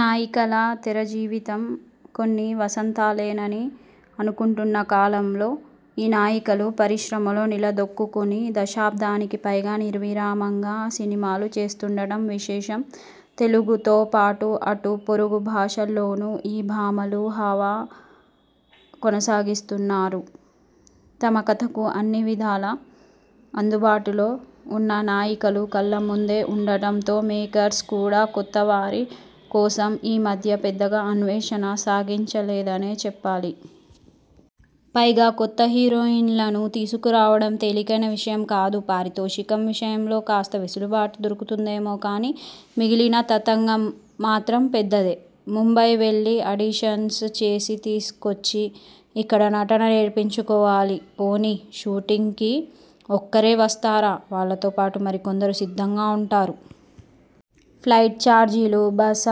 నాయికల తెరజీవితం కొన్ని వసంతాలేనని అనుకుంటున్న కాలంలో ఈ నాయికలు పరిశ్రమలో నిలదొక్కుకుని దశాబ్దానికి పైగా నిర్విరామంగా సినిమాలు చేస్తుండటం విశేషం. తెలుగుతో పాటు అటు పొరుగు భాషల్లోనూ ఈ భామలు హవా కొనసాగిస్తున్నారు. తమ కథకు అన్ని విధాలా అందుబాటులో ఉన్న నాయికలు కళ్ల ముందే ఉండటంతో మేకర్స్ కూడా కొత్తవారి కోసం ఆ మధ్య పెద్దగా అన్వేషణ సాగించలేదనే చెప్పాలి. పైగా, కొత్త హీరోయిన్లను తీసుకురావడం తేలికైన విషయంకాదు. పారితోషికం విషయంలో కాస్త వెసులుబాటు దొరుకుతుందేమో కానీ మిగిలిన తతంగం మాత్రం పెద్దదే. ''ముంబై వెళ్లి ఆడిషన్స్ చేసి తీసుకొచ్చి ఇక్కడ నటన నేర్పించుకోవాలి. పోనీ షూటింగ్కి ఒక్కరే వస్తారా? వాళ్లతో పాటు మరికొందరు సిద్ధంగా ఉంటారు. ఫ్లైట్ చార్జీలు, బస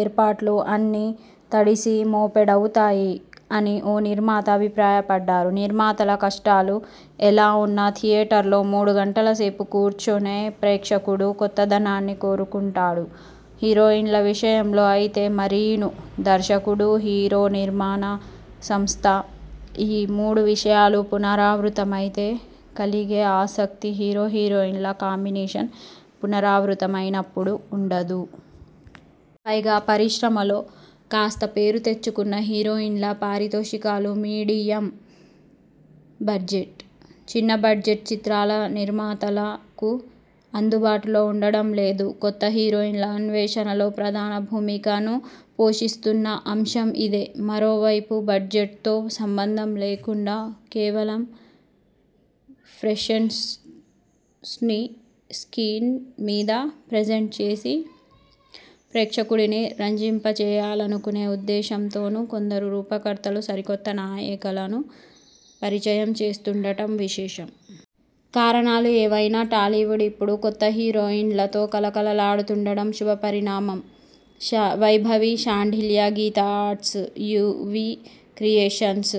ఏర్పాట్లు అన్నీ తడిసి మోపెడవుతాయి'' అని ఓ నిర్మాత అభిప్రాయపడ్డారు. నిర్మాతల కష్టాలు ఎలా ఉన్నా థియేటర్లో మూడు గంటల సేపు కూర్చునే ప్రేక్షకుడు కొత్తదనాన్ని కోరుకుంటాడు. హీరోయిన్ల విషయంలో అయితే మరీనూ. దర్శకుడు-హీరో-నిర్మాణ సంస్థ ఈ మూడు విషయాలు పునరావృతమైతే కలిగే ఆసక్తి హీరో-హీరోయిన్ల కాంబినేషన్ పునరావృతమైనప్పుడు ఉండదు.. పైగా పరిశ్రమలో కాస్త పేరు తెచ్చుకున్న హీరోయిన్ల పారితోషికాలు, మీడియమ్ బడ్జెట్, చిన్న బడ్జెట్ చిత్రాల నిర్మాతలకు అందుబాటులో ఉండటం లేదు. కొత్త హీరోయిన్ల అన్వేషణలో ప్రధాన భూమికను పోషిస్తున్న అంశం ఇదే! మరోవైపు బడ్జెట్తో సంబంధం లేకుండా, కేవలం ఫ్రెష్నెస్ను స్ర్కీన్ మీద ప్రెజంట్ చేసి, ప్రేక్షకుడిని రంజింపజేయాలనుకునే ఉద్దేశంతోనూ కొందరు రూపకర్తలు సరికొత్త నాయికలను పరిచయం చేస్తుండటం విశేషం. కారణాలు ఏవైనా టాలీవుడ్ ఇప్పుడు కొత్త హీరోయిన్లతో కళకళలాడుతుండటం శుభపరిణామం. Vaibhavi Sandilya Geetha Arts, UV Creations,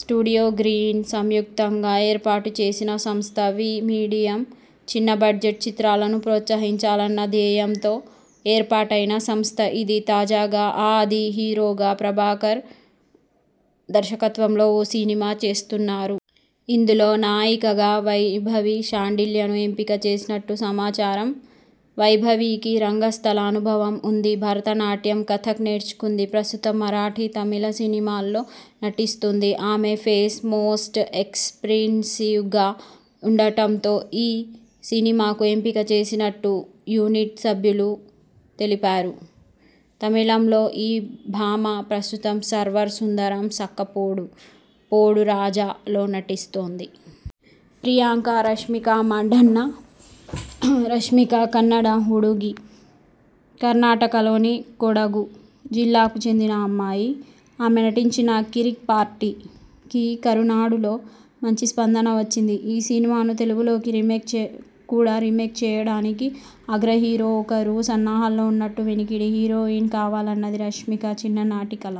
Studio Green సంయుక్తంగా ఏర్పాటు చేసిన సంస్థ వీ. మీడియమ్, చిన్న బడ్జెట్ చిత్రాలను ప్రోత్సహించాలన్న ధ్యేయంతో ఏర్పాటైన సంస్థ ఇది. తాజాగా ఆది హీరోగా ప్రభాకర్ దర్శకత్వంలో ఓ సినిమా చేస్తున్నారు. ఇందులో నాయికగా వైభవి శాండిల్యను ఎంపిక చేసినట్టు సమాచారం. వైభవికి రంగస్థల అనుభవం ఉంది. భరతనాట్యం, కథక్ నేర్చుకుంది. ప్రస్తుతం మరాఠీ, తమిళ సినిమాల్లో నటిస్తోంది. ఆమె ఫేస్ మోస్ట్ ఎక్స్ప్రెసివ్గా ఉండటంతో ఈ సినిమాకు ఎంపిక చేసినట్టు యూనిట్ సభ్యులు తెలిపారు. తమిళంలో ఈ భామ ప్రస్తుతం 'సర్వర్ సుందరం', 'సక్కపోడు పోడు రాజా'లో నటిస్తోంది. ప్రియాంక రష్మికా మండన్న రష్మిక కన్నడ హుడుగి. కర్ణాటకలోని కొడగు జిల్లాకు చెందిన అమ్మాయి. ఈమె నటించిన 'కిరిక్ పార్టీ'కి కరునాడులో మంచి స్పందన వచ్చింది. ఈ సినిమాను తెలుగులోకి కూడా రీమేక్ చేయడానికి అగ్రహీరో ఒకరు సన్నాహాల్లో ఉన్నట్టు వినికిడి. హీరోయిన్ కావాలన్నది రష్మిక చిన్నప్పటి కల.